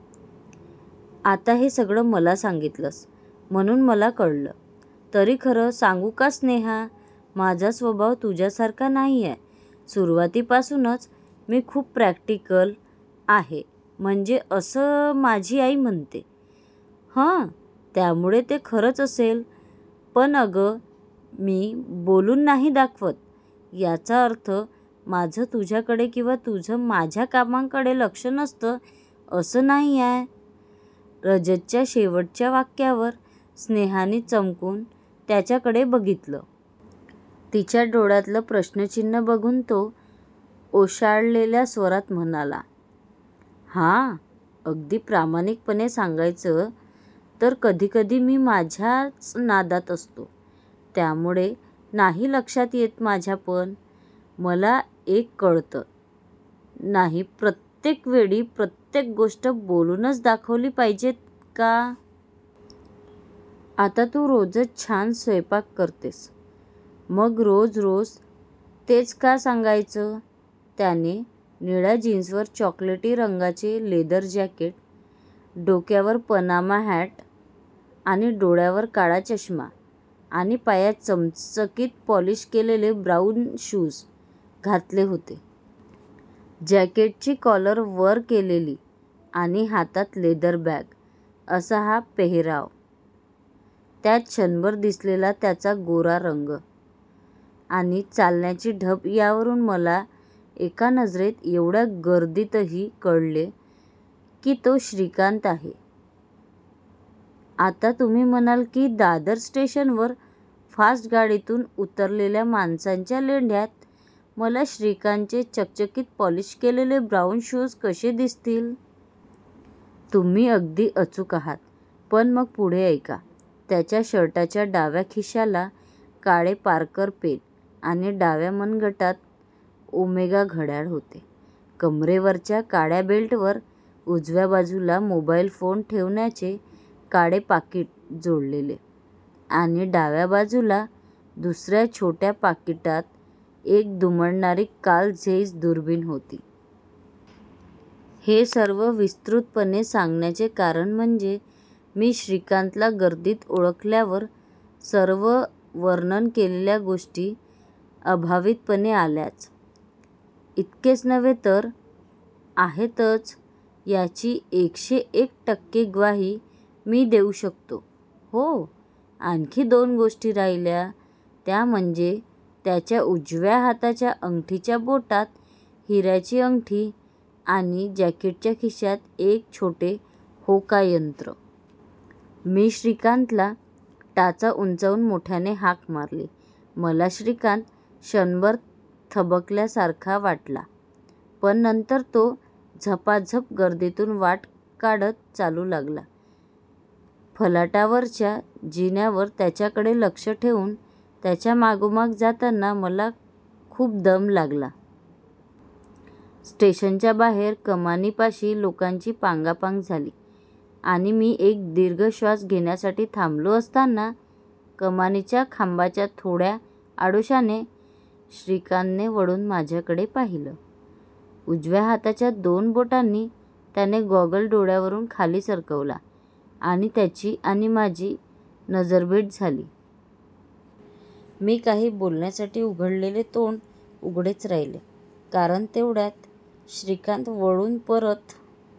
आत्ता हे सगळं मला सांगितलंस म्हणून मला कळलं तरीखरं सांगू का स्नेहा, माझा स्वभाव तुझ्यासारखा नाहीये. सुरुवातीपासूनच मी खूप प्रॅक्टिकल आहेम्हणजे असं माझी आई म्हणते हं! त्यामुळे ते खरंच असेल. पण अगं, मी बोलून नाही दाखवत याचा अर्थ माझं तुझ्याकडे किंवा तुझ्या कामांकडे लक्ष नसतं असं नाहीये" रजतच्या शेवटच्या वाक्यावर स्नेहानी चमकून त्याच्याकडे बघितलं. तिच्या डोळ्यातलं प्रश्नचिन्ह बघून तो ओशाळलेल्या स्वरात म्हणाला," हां, अगदी प्रामाणिकपणे सांगायचं तर कधीकधी मी माझ्याच नादात असतो त्यामुळे नाही लक्षात येत माझ्यापण मला एक कळत नाहीप्रत्येक वेळी प्रत्येक गोष्ट बोलूनच दाखवली पाहिजे का? आता तू रोजच छान स्वैपाक करतेस; मग रोज रोज तेच काय सांगायचं! त्याने निळ्या जीन्सवर चॉकलेटी रंगाचे लेदर जँकेट, डोक्यावर पनामा हँट आणि डोळ्यावर काळा चष्मा आणि पायात चकचकीत पॉलिश केलेले ब्राऊन शूज घातले होते. जँकेटची कॉलर वर केलेली आणि हातात लेदर बँग असा हा पेहेराव, त्यात क्षणभर दिसलेला त्याचा गोरा रंग आणि चालण्याची ढब यावरून मला एका नजरेत एवढ्या गर्दीतही कळले की तो श्रीकांत आहे. आता तुम्ही म्हणाल की दादर स्टेशनवर फास्ट गाडीतून उतरलेल्या माणसांच्या लोंढ्यात मला श्रीकांतचे चकचकीत पॉलिश केलेले ब्राऊन शूज कसे दिसतील? तुम्ही अगदी अचूक आहात पण मग पुढे ऐका! त्याच्या शर्टाच्या डाव्या खिशाला काळे पारकर पेन आणि डाव्या मनगटात ओमेगा घड्याळ होते. कमरेवरच्या काळ्या बेल्टवर उजव्या बाजूला मोबाईल फोन ठेवण्याचे काळे पाकीट जोडलेले आणि डाव्या बाजूला दुसऱ्या छोट्या पाकिटात एक दुमडणारी कार्ल झेईस दुर्बिण होती. हे सर्व विस्तृतपणे सांगण्याचे कारण म्हणजे मी श्रीकांतला गर्दीत ओळखल्यावर सर्व वर्णन केलेल्या गोष्टी अभावितपणे आल्याच. इतकेच नव्हे तर आहेतच याची एकशे एक टक्के ग्वाही मी देऊ शकतो. हो, आणखी दोन गोष्टी राहिल्या त्या म्हणजे त्याच्या उजव्या हाताच्या अंगठीच्या बोटात हिऱ्याची अंगठी आणि जँकेटच्या खिशात एक छोटे होकायंत्र! मी श्रीकांतला टाचा उंचावून मोठ्याने हाक मारली. मला श्रीकांत क्षणभर थबकल्या सारखा वाटला पण नंतर तो झपाझप गर्दीतून वाट काढत चालू लागला. फलाटावरच्या जिन्यावर त्याच्याकडे लक्ष ठेऊन त्याच्या मागोमाग जाताना तर मला खूप दम लागला. स्टेशनच्या बाहेर कमानीपाशी लोकांची पांगापांग झाली आणि मी एक दीर्घ श्वास घेण्यासाठी थांबलो असताना कमानीच्या खांबाच्या थोड्या आडोशाने श्रीकांतने वळून माझ्याकडे पहिले. उजव्या हाताच्या दोन बोटांनी त्याने गॉगल डोळ्यावरून खाली सरकवला आणि त्याची आणि माझी नजरभेट झाली. मी काही बोलण्यासाठी उघडलेले तोंड उघडेच राहिले कारण तेवढ्यात श्रीकांत वळून परत